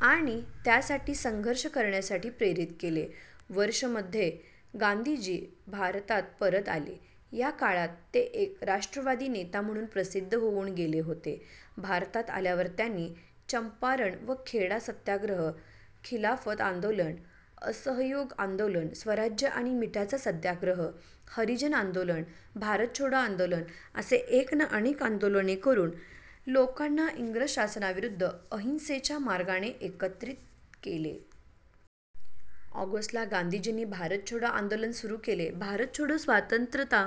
आणि त्यासाठी संघर्ष करण्यासाठी प्रेरित केले. वर्ष मध्ये गांधीजी भारतात परत आले. या काळात ते एक राष्ट्रवादी नेता म्हणून प्रसिद्ध होऊन गेले होते. भारतात आल्यावर त्यांनी चंपारण व खेडा सत्याग्रह, खिलाफत आंदोलन, असहयोग आंदोलन, स्वराज्य आणि मिठाचा सत्याग्रह, हरिजन आंदोलन, भारत छोडो आंदोलन असे एक न अनेक आंदोलने करून लोकांना इंग्रज शासनाविरुद्ध अहिंसेच्या मार्गाने एकत्रित केले. ऑगस्ट ला गांधीजींनी भारत छोडो आंदोलन सुरू केले. भारत छोडो स्वतंत्रता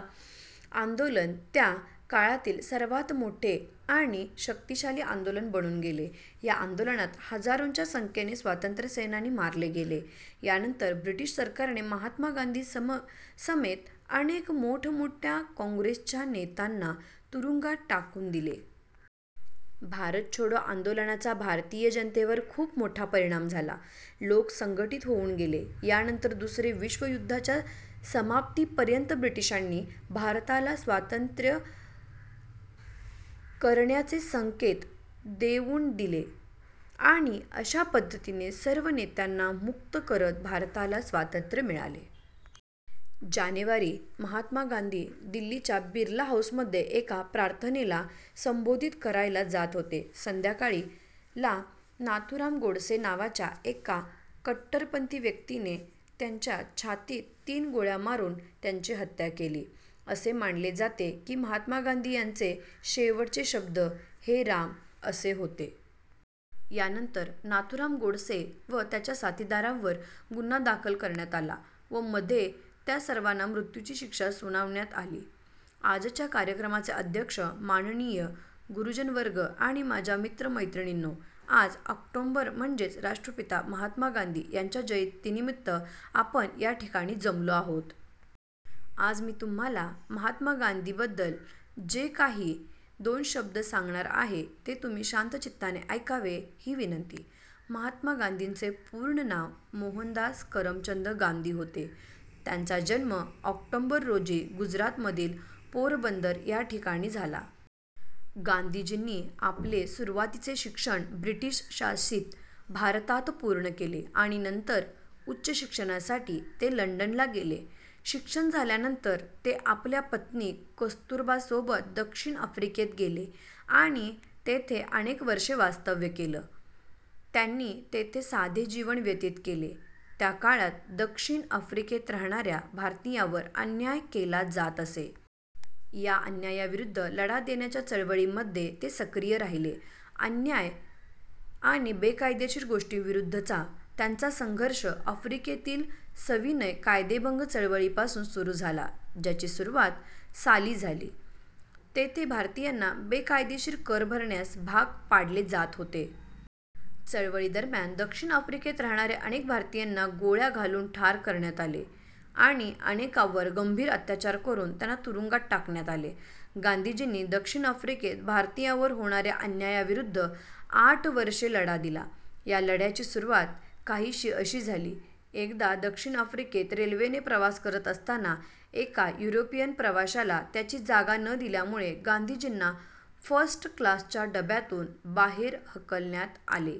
आंदोलन त्या काळातील सर्वात मोठे आणि शक्तिशाली आंदोलन बनून गेले. या आंदोलनात हजारोंच्या संख्येने स्वातंत्र्यसेनानी मारले गेले. यानंतर ब्रिटीश सरकारने महात्मा गांधी समेत अनेक मोठमोठ्या काँग्रेसच्या नेतांना तुरुंगात टाकून दिले. भारत छोडो आंदोलनाचा भारतीय जनतेवर खूप मोठा परिणाम झाला. लोक संघटित होऊन गेले. यानंतर दुसरे विश्व युद्धाच्या समाप्तीपर्यंत ब्रिटिशांनी भारताला स्वातंत्र्य करण्याचे संकेत देऊन दिले आणि अशा पद्धतीने सर्व नेत्यांना मुक्त करत भारताला स्वातंत्र्य मिळाले. जानेवारी महात्मा गांधी दिल्लीच्या बिर्ला हाऊसमध्ये एका प्रार्थनेला संबोधित करायला जात होते. संध्याकाळी ला नाथूराम गोडसे नावाच्या एका कट्टरपंथी व्यक्तीने त्यांच्या छातीत तीन गोळ्या मारून त्यांची हत्या केली. असे मानले जाते की महात्मा गांधी यांचे शेवटचे शब्द 'हे राम' असे होते. यानंतर नाथूराम गोडसे व त्याच्या साथीदारांवर गुन्हा दाखल करण्यात आला व मध्ये त्या सर्वांना मृत्यूची शिक्षा सुनावण्यात आली. आजच्या कार्यक्रमाचे अध्यक्ष, माननीय गुरुजनवर्ग आणि माझ्या मित्र-मैत्रिणींनो. आज ऑक्टोंबर म्हणजेच राष्ट्रपिता महात्मा गांधी यांच्या जयंतीनिमित्त आपण या ठिकाणी जमलो आहोत. आज मी तुम्हाला महात्मा गांधी बद्दल जे काही दोन शब्द सांगणार आहे, ते तुम्ही शांत चित्ताने ऐकावे ही विनंती. महात्मा गांधींचे पूर्ण नाव मोहनदास करमचंद गांधी होते. त्यांचा जन्म ऑक्टोबर रोजी गुजरातमधील पोरबंदर या ठिकाणी झाला. गांधीजींनी आपले सुरुवातीचे शिक्षण ब्रिटिश शासित भारतात पूर्ण केले. आणि नंतर उच्च शिक्षणासाठी ते लंडनला गेले. शिक्षण झाल्यानंतर ते आपल्या पत्नी कस्तुरबांसोबत दक्षिण आफ्रिकेत गेले आणि तेथे अनेक वर्षे वास्तव्य केले. त्यांनी तेथे साधे जीवन व्यतीत केले, त्या काळात दक्षिण आफ्रिकेत राहणा-या भारतीयांवर अन्याय केला जात असे. या अन्यायाविरुद्ध लढा देण्याच्या चळवळींमध्ये ते सक्रिय राहिले. अन्याय आणि बेकायदेशीर गोष्टींविरुद्धचा त्यांचा संघर्ष आफ्रिकेतील सविनय कायदेभंग चळवळीपासून सुरू झाला, ज्याची सुरुवात साली झाली. तेथे भारतीयांना बेकायदेशीर कर भरण्यास भाग पाडले जात होते. चळवळीदरम्यान, दक्षिण आफ्रिकेत राहणाऱ्या अनेक भारतीयांना गोळ्या घालून ठार करण्यात आले आणि अनेकांवर गंभीर अत्याचार करून त्यांना तुरुंगात टाकण्यात आले. गांधीजींनी दक्षिण आफ्रिकेत भारतीयांवर होणाऱ्या अन्यायाविरुद्ध आठ वर्षे लढा दिला. या लढ्याची सुरवात काहीशी अशी झाली, एकदा दक्षिण आफ्रिकेत रेल्वेने प्रवास करत असताना एका युरोपियन प्रवाशाला त्याची जागा न दिल्यामुळे गांधीजींना फर्स्ट क्लासच्या डब्यातून बाहेर हकलण्यात आले.